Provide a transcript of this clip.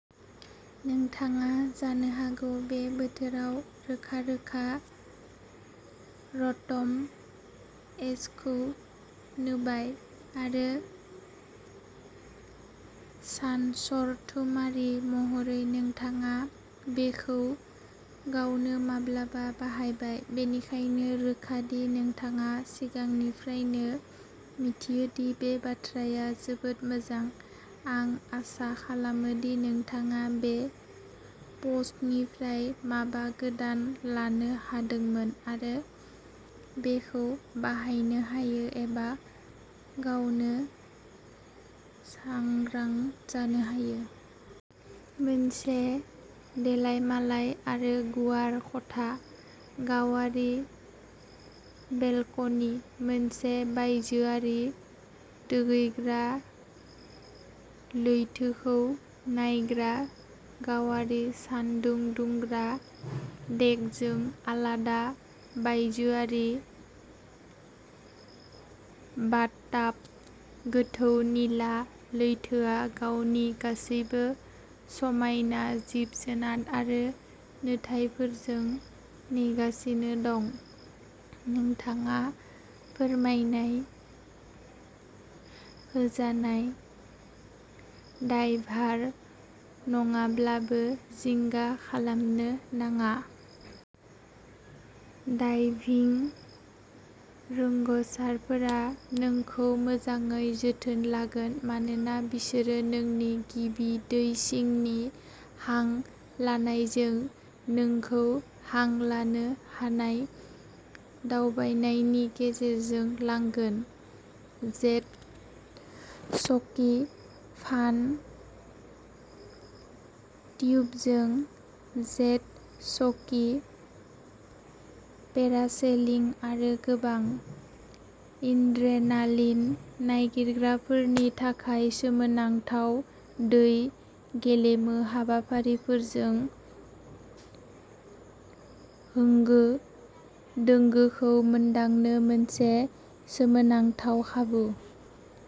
नोंथाङा जानो हागौ बे बोथोराव रोखा-रोखा र'ट'म-एचखौ नुबाय, आरो सानसरथुमारि महरै नोंथाङा बेखौ गावनो माब्लाबा बाहायबाय। बेनिखायनो रोखा दि नोंथाङा सिगांनिफ्रायनो मिथियो दि बे बाथ्राया जोबोद मोजां। आं आसा खालामो दि नोंथाङा बे पस्टनिफ्राय माबा गोदान लानो हादोंमोन आरो बेखौ बाहायनो हायो एबा गावनो सांग्रां जानो हायो। मोनसे देलायमालाय आरो गुवार खथा, गावारि बेलकनि, मोनसे बायजोआरि दुगैग्रा, लैथोखौ नायग्रा गावारि सानदुं दुंग्रा डेकजों आलादा बायजोआरि बाथटाब। गोथौ निला लैथोआ गावनि गासैबो समायना जिब-जुनार आरो नुथायफोरजों नेगासिनो दं। नोंथाङा फोरमायनाय होजानाय डायभार नङाब्लाबो जिंगा खालामनो नाङा। डाइभिं रोंग'साफोरा नोंखौ मोजाङै जोथोन लागोन मानोना बिसोरो नोंनि गिबि दै सिंनि हां लानायजों नोंखौ हां लानो हानाय दावबायनायनि गेजेरजों लांगोन। जेट सकि, फान टिउबजों जेट सकी, पेरासेलिं आरो गोबां। एनड्रेनालिन नागिरग्राफोरनि थाखाय सोमोनांथाव दै गेलेमो हाबाफारिफोरजों होंगो-दोंगोखौ मोनदांनो मोनसे सोमोनांथाव खाबु।